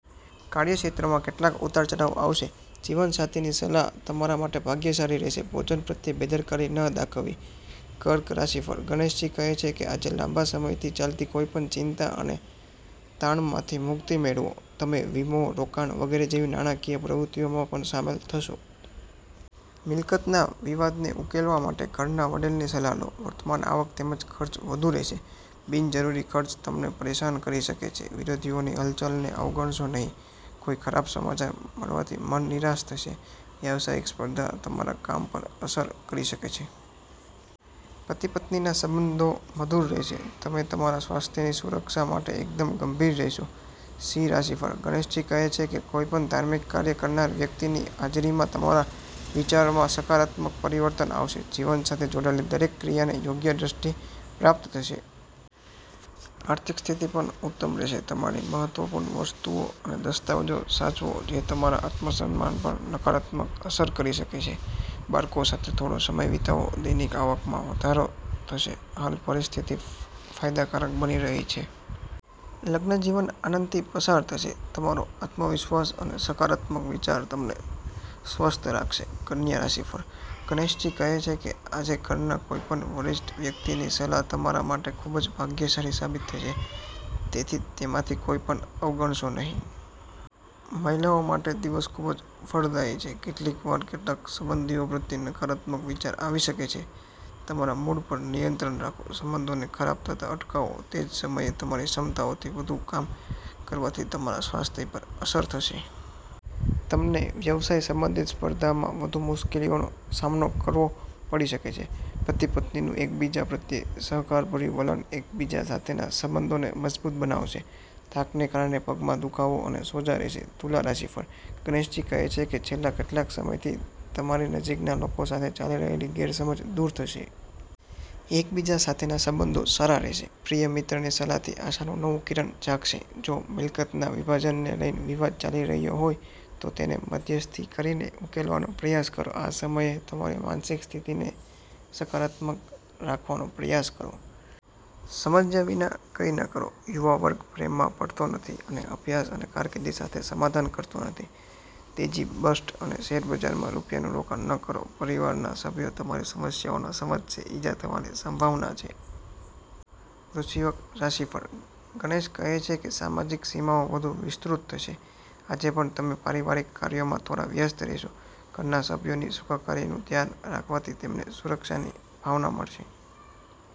કાર્યક્ષેત્રમાં કેટલાક ઉતાર-ચઢાવ આવશે. જીવનસાથીની સલાહ તમારા માટે ભાગ્યશાળી રહેશે. ભોજન પ્રત્યે બેદરકારી ન દાખવવી. કર્ક રાશિફળ: ગણેશજી કહે છે કે આજે લાંબા સમયથી ચાલતી કોઈપણ ચિંતા અને તાણમાંથી મુક્તિ મેળવો. તમે વીમા, રોકાણ વગેરે જેવી નાણાકીય પ્રવૃત્તિઓમાં પણ સામેલ થશો. મિલકતના વિવાદને ઉકેલવા માટે ઘરના વડીલની સલાહ લો. વર્તમાન આવક તેમજ ખર્ચ વધુ રહેશે. બિનજરૂરી ખર્ચ તમને પરેશાન કરી શકે છે. વિરોધીઓની હલચલને અવગણશો નહીં. કોઈ ખરાબ સમાચાર મળવાથી મન નિરાશ થશે. વ્યવસાયિક સ્પર્ધા તમારા કામ પર અસર કરી શકે છે. પતિ-પત્નીના સંબંધો મધુર રહેશે. તમે તમારા સ્વાસ્થ્યની સુરક્ષા માટે એકદમ ગંભીર રહેશો. સિંહ રાશિફળ: ગણેશજી કહે છે કે કોઈપણ ધાર્મિક કાર્ય કરનાર વ્યક્તિની હાજરીમાં તમારા વિચારોમાં સકારાત્મક પરિવર્તન આવશે. જીવન સાથે જોડાયેલી દરેક ક્રિયાને યોગ્ય દ્રષ્ટિ પ્રાપ્ત થશે. આર્થિક સ્થિતિ પણ ઉત્તમ રહેશે. તમારી મહત્વપૂર્ણ વસ્તુઓ અને દસ્તાવેજો સાચવો જે તમારા આત્મસન્માન પર નકારાત્મક અસર કરી શકે છે. બાળકો સાથે થોડો સમય વિતાવો. દૈનિક આવકમાં વધારો થશે. હાલ પરિસ્થિતિ ફાયદાકારક બની રહી છે. લગ્નજીવન આનંદથી પસાર થશે. તમારો આત્મવિશ્વાસ અને સકારાત્મક વિચાર તમને સ્વસ્થ રાખશે. કન્યા રાશિફળ: ગણેશજી કહે છે કે આજે ઘરના કોઈપણ વરિષ્ઠ વ્યક્તિની સલાહ તમારા માટે ખૂબ જ ભાગ્યશાળી સાબિત થશે. તેથી તેમાંથી કોઈપણને અવગણશો નહીં. મહિલાઓ માટે દિવસ ખૂબ જ ફળદાયી છે. કેટલીકવાર કેટલાક સંબંધીઓ પ્રત્યે નકારાત્મક વિચારો આવી શકે છે. તમારા મૂડ પર નિયંત્રણ રાખો. સંબંધોને ખરાબ થતા અટકાવો. તે જ સમયે, તમારી ક્ષમતાઓથી વધુ કામ કરવાથી તમારા સ્વાસ્થ્ય પર અસર થશે. તમને વ્યવસાય સંબંધિત સ્પર્ધામાં વધુ મુશ્કેલીઓનો સામનો કરવો પડી શકે છે. પતિ-પત્નીનું એકબીજા પ્રત્યે સહકારભર્યું વલણ એકબીજા સાથેના સંબંધોને મજબૂત બનાવશે. થાકને કારણે પગમાં દુખાવો અને સોજો રહેશે. તુલા રાશિફળ: ગણેશજી કહે છે કે છેલ્લા કેટલાક સમયથી તમારી નજીકના લોકો સાથે ચાલી રહેલી ગેરસમજ દૂર થશે. એકબીજા સાથેના સંબંધો સારા રહેશે. પ્રિય મિત્રની સલાહથી આશાનું નવું કિરણ જાગશે. જો મિલકતના વિભાજનને લઈને વિવાદ ચાલી રહ્યો હોય, તો તેને મધ્યસ્થી કરીને ઉકેલવાનો પ્રયાસ કરો. આ સમયે તમારી માનસિક સ્થિતિને સકારાત્મક રાખવાનો પ્રયાસ કરો. સમજ્યા વિના કંઈ ન કરો. યુવા વર્ગ પ્રેમમાં પડતો નથી અને અભ્યાસ અને કારકિર્દી સાથે સમાધાન કરતો નથી. તેજી-બસ્ટ અને શેરબજારમાં રૂપિયાનું રોકાણ ન કરો. પરિવારના સભ્યો તમારી સમસ્યાઓને સમજશે. ઈજા થવાની સંભાવના છે. વૃશ્ચિક રાશિફળ: ગણેશ કહે છે કે સામાજિક સીમાઓ વધુ વિસ્તૃત થશે. આજે પણ તમે પારિવારિક કાર્યોમાં થોડા વ્યસ્ત રહેશો. ઘરના સભ્યોની સુખાકારીનું ધ્યાન રાખવાથી તેમને સુરક્ષાની ભાવના મળશે.